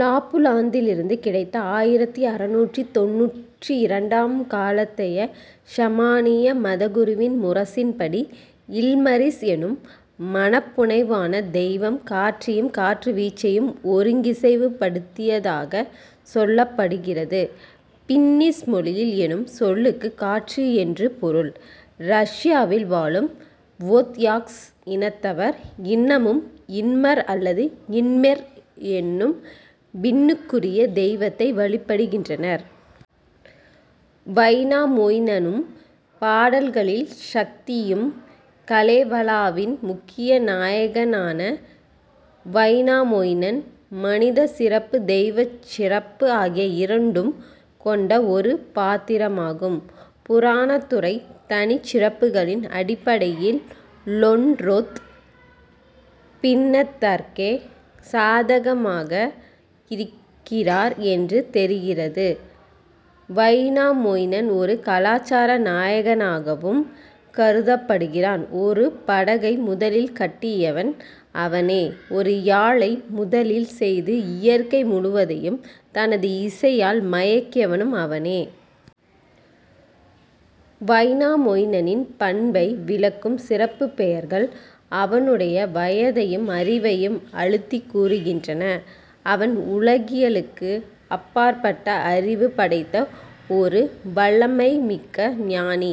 லாப்புலாந்திலிருந்து கிடைத்த ஆயிரத்து அறுநூற்று தொண்ணூற்றிரண்டாம் காலத்தைய ஷமானிய மதகுருவின் முரசின்படி இல்மரிஸ் என்னும் மனப்புனைவான தெய்வம் காற்றையும் காற்றுவீச்சையும் ஒழுங்கிசைவுப்படுத்தியதாகச் சொல்லப்படுகிறது. பின்னிஷ் மொழியில் என்னும் சொல்லுக்குக் காற்று என்று பொருள். ரஷ்யாவில் வாழும் வொத்யாக்ஸ் இனத்தவர் இன்னமும் இன்மர் அல்லது இல்மெர் என்னும் விண்ணுக்குரிய தெய்வத்தை வழிபடுகின்றனர். வைனாமொயினனும் பாடல்களின் சக்தியும் கலேவலாவின் முக்கிய நாயகனான வைனாமொயினன் மனிதச் சிறப்பு தெய்வச் சிறப்பு ஆகிய இரண்டும் கொண்ட ஒரு பாத்திரமாகும். புராணத்துறைத் தனிச்சிறப்புகளின் அடிப்படையில் லொண்ரொத் பின்னதற்கே சாதகமாக இருக்கிறார் என்று தெரிகிறது. வைனாமொயினன் ஒரு கலாசார நாயகனாகவும் கருதப்படுகிறான் ஒரு படகை முதலில் கட்டியவன் அவனே ஒரு யாழை முதலில் செய்து இயற்கை முழுவதையும் தனது இசையால் மயக்கியவனும் அவனே. வைனாமொயினனின் பண்பை விளக்கும் சிறப்புப் பெயர்கள் அவனுடைய வயதையும் அறிவையும் அழுத்திக் கூறுகின்றன அவன் உலகியலுக்கு அப்பாற்பட்ட அறிவு படைத்த ஒரு வல்லமைமிக்க ஞானி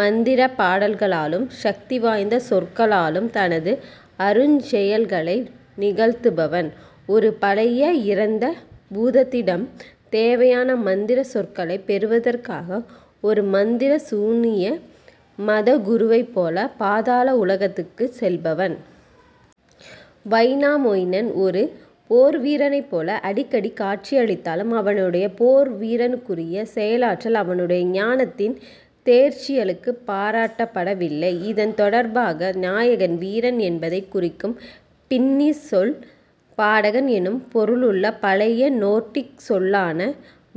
மந்திரப் பாடல்களாலும் சக்தி வாய்ந்த சொற்களாலும் தனது அருஞ்செயல்களை நிகழ்த்துபவன். ஒரு பழைய இறந்த பூதத்திடம் தேவையான மந்திரச் சொற்களைப் பெறுவதற்காக ஒரு மந்திர சூனிய மதகுருவைப்போல பாதாள உலகத்துக்குச் செல்பவன். வைனாமொயினன் ஒரு போர்வீரனைப் போல அடிக்கடி காட்சியளித்தாலும் அவனுடைய போர்வீரனுக்குரிய செயலாற்றல் அவனுடைய ஞானத்தின் தேர்ச்சியளவுக்குப் பாராட்டப்படவில்லை. இதன் தொடர்பாக நாயகன் வீரன் என்பதைக் குறிக்கும் பின்னிஷ் சொல் பாடகன் என்னும் பொருளுள்ள பழைய நோர்டிக் சொல்லான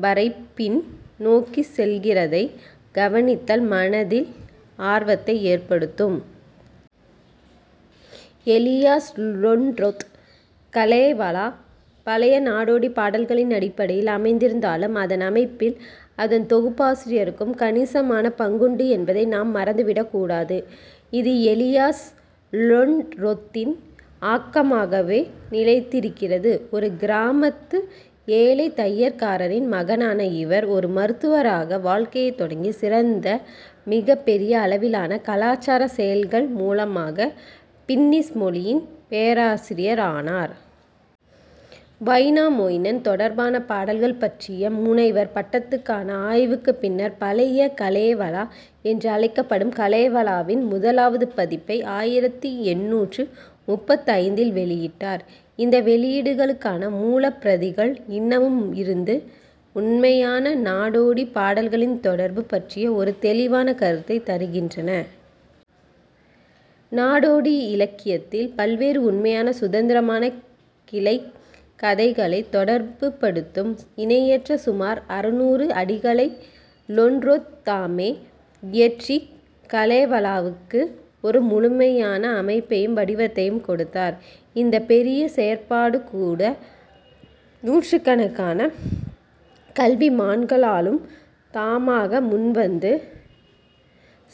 வரை பின் நோக்கிச் செல்கிறதைக் கவனித்தல் மனதில் ஆர்வத்தை ஏற்படுத்தும். எலியாஸ் லொண்ரொத் கலேவலா பழைய நாடோடிப் பாடல்களின் அடிப்படையில் அமைந்திருந்தாலும் அதன் அமைப்பில் அதன் தொகுப்பாசிரியருக்கும் கணிசமான பங்கு உண்டு என்பதை நாம் மறந்து விடக் கூடாது. இது எலியாஸ் லொண்ரொத்தின் ஆக்கமாகவே நிலைத்திருக்கிறது ஒரு கிராமத்து ஏழைத் தையற்காரரின் மகனான இவர் ஒரு மருத்துவராக வாழ்க்கையைத் தொடங்கி சிறந்த மிகப் பெரிய அளவிலான கலாசாரச் செயல்கள் மூலமாகப் பின்னிஷ் மொழியின் பேராசிரியர் ஆனார். வைனாமொயினன் தொடர்பான பாடல்கள் பற்றிய முனைவர் பட்டத்துக்கான ஆய்வுக்குப் பின்னர் பழைய கலேவலா என்று அழைக்கப்படும் கலேவலாவின் முதலாவது பதிப்பை ஆயிரத்து எண்ணூற்று முப்பத்தைந்தில் வெளியிட்டார். இந்த வெளியீடுகளுக்கான மூலப் பிரதிகள் இன்னமும் இருந்து உண்மையான நாடோடிப் பாடல்களின் தொடர்பு பற்றிய ஒரு தெளிவான கருத்தைத் தருகின்றன. நாடோடி இலக்கியத்தில் பல்வேறு உண்மையான சுதந்திரமான கிளைக் கதைகளைத் தொடர்புபடுத்தும் இணையற்ற சுமார் அறுநூறு அடிகளை லொண்ரொத் தாமே இயற்றிக் கலேவலாவுக்கு ஒரு முழுமையான அமைப்பையும் வடிவத்தையும் கொடுத்தார். இந்தப் பெரிய செயற்பாடுகூட நூற்றுக்கணக்கான கல்விமான்களாலும் தாமாக முன்வந்த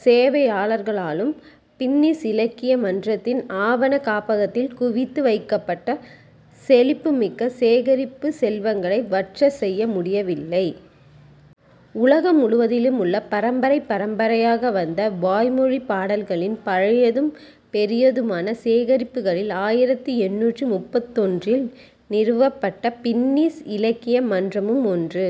சேவையாளர்களாலும் பின்னிஷ் இலக்கிய மன்றத்தின் ஆவணக் காப்பகத்தில் குவித்து வைக்கப்பட்ட செழிப்புமிக்க சேகரிப்புச் செல்வங்களை வற்றச் செய்ய முடியவில்லை. உலகம் முழுவதிலும் உள்ள பரம்பரை பரம்பரையாக வந்த வாய்மொழிப் பாடல்களின் பழையதும் பெரியதுமான சேகரிப்புகளில் ஆயிரத்து எண்ணூற்று முப்பத்தொன்றில் நிறுவப்பட்ட பின்னிஷ் இலக்கிய மன்றமும் ஒன்று.